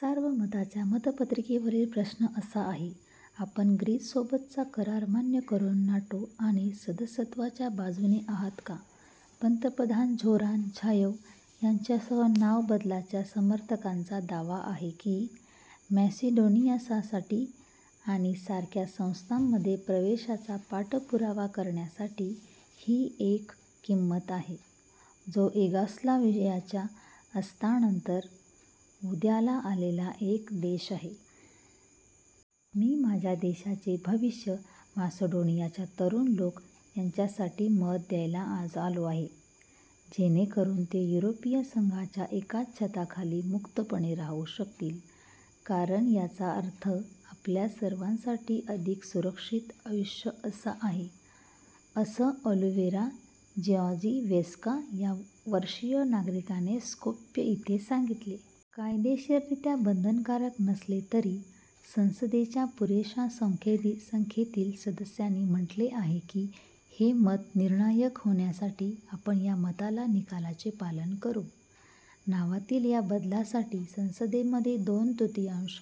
सार्वमताच्या मतपत्रिकेवरील प्रश्न असा आहे: "आपण ग्रीससोबतचा करार मान्य करुन नाटो आणि सदस्यत्वाच्या बाजूने आहात का. " पंतप्रधान झोरान झाएव यांच्यासह, नाव बदलाच्या समर्थकांचा दावा आहे की मॅसेडोनियासाठी आणि सारख्या संस्थांमध्ये प्रवेशाचा पाठपुरावा करण्यासाठी ही एक किंमत आहे, जो युगोस्लावियाच्या अस्तानंतर उदयाला आलेला एक देश आहे. मी माझ्या देशाचे भविष्य, मॅसेडोनियाचे तरुण लोक यांच्यासाठी मत द्यायला आज आलो आहे, जेणेकरुन ते युरोपिय संघाच्या एकाच छत्राखाली मुक्तपणे राहू शकतील कारण याचा अर्थ आपल्या सर्वांसाठी अधिक सुरक्षित आयुष्य असा आहे," असं ओलिवेरा जिऑर्जीवेस्का या वर्षीय नागरिकाने स्कोप्यं इथे सांगितले. कायदेशीररित्या बंधनकारक नसले तरी, संसदेच्या पुरेशा संख्येतील सदस्यांनी म्हटले आहे की हे मत निर्णायक होण्यासाठी आपण या मताच्या निकालाचे पालन करु. नावातील या बदलासाठी संसदेमध्ये दोन-तृतियांश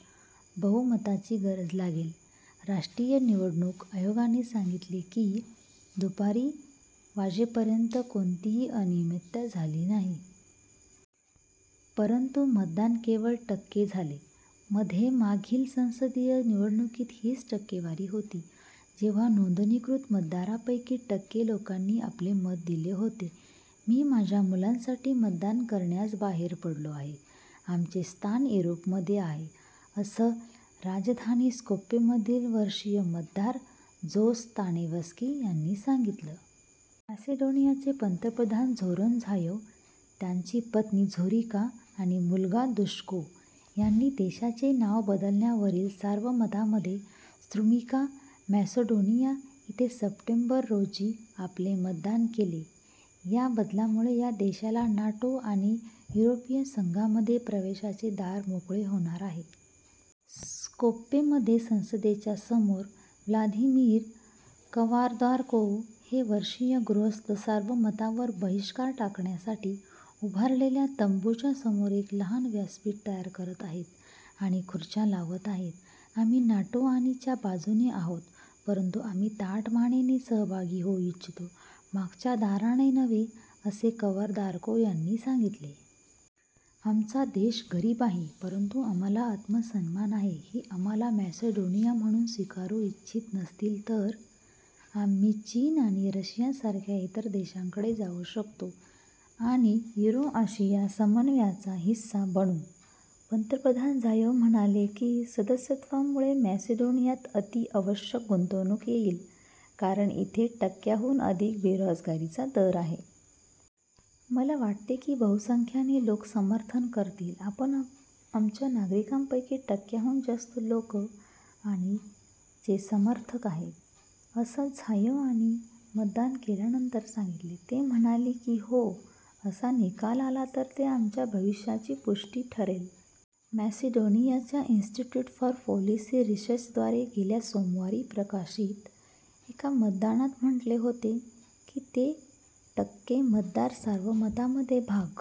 बहुमताची गरज लागेल. राष्ट्रीय निवडणूक आयोगाने सांगितले की दुपारी वाजेपर्यंत कोणतीही अनियमितता झाली नाही. परंतु, मतदान केवळ टक्के झाले, मध्ये मागील संसदीय निवडणुकीत हीच टक्केवारी होती जेव्हा नोंदणीकृत मतदारांपैकी टक्के लोकांनी आपले मत दिले होते. मी माझ्या मुलांसाठी मतदान करण्यास बाहेर पडलो आहे, आमचे स्थान युरोपमध्ये आहे," असं राजधानी, स्कोप्येमधील वर्षीय मतदार, जोस तानेवस्की यांनी सांगितलं. मॅसेडोनियाचे पंतप्रधान झोरान झाएव, त्यांची पत्नी झोरिका आणि मुलगा दुश्को यांनी देशाचे नाव बदलण्यावरील सार्वमतामध्ये स्त्रुमिका, मॅसेडोनिया इथे सप्टेंबर, रोजी आपले मतदान केले. या बदलामुळे या देशाला नाटो आणि युरोपिय संघामध्ये प्रवेशाचे दार मोकळे होणार आहे. स्कोप्येमध्ये संसदेच्या समोर, व्लादीमिर कवारदारकोव हे वर्षीय गृहस्थ, सार्वमतावर बहिष्कार टाकणाऱ्यांसाठी उभारलेल्या तंबूंच्या समोर एक लहान व्यासपीठ तयार करत आहेत आणि खुर्च्या लावत आहेत. आम्ही नाटो आणि च्या बाजूने आहोत, परंतु, आम्ही ताठ मानेने सहभागी होऊ इच्छितो, मागच्या दाराने नव्हे," असे कवारदारकोव यांनी सांगितले. आमचा देश गरीब आहे, परंतु आम्हाला आत्मसन्मान आहे. ते आम्हाला मॅसेडोनिया म्हणून स्विकारु इच्छित नसतील तर, आम्ही चीन आणि रशियासारख्या इतर देशांकडे जाऊ शकतो आणि युरो-आशिया समन्वयाचा हिस्सा बनू. " पंतप्रधान झाएव म्हणाले की सदस्यत्वामुळे मॅसेडोनियात अति आवश्यक गुंतवणूक येईल, कारण इथे टक्क्यांहून अधिक बेरोजगारीचा दर आहे. "मला वाटते की बहुसंख्येने लोक समर्थन करतील कारण आमच्या नागरिकांपैकी टक्क्यांहून जास्त लोक आणि चे समर्थक आहेत," असं झाएव यांनी मतदान केल्यानंतर सांगितलं. ते म्हणाले की "हो" असा निकाल आला तर ते "आमच्या भविष्याची पुष्टि" ठरेल. मॅसेडोनियाच्या इन्स्टिट्युट फॉर पॉलिसी रिसर्चद्वारे गेल्या सोमवारी प्रकाशित एका मतदानात म्हटले होते की ते टक्के मतदार सार्वमतामध्ये भाग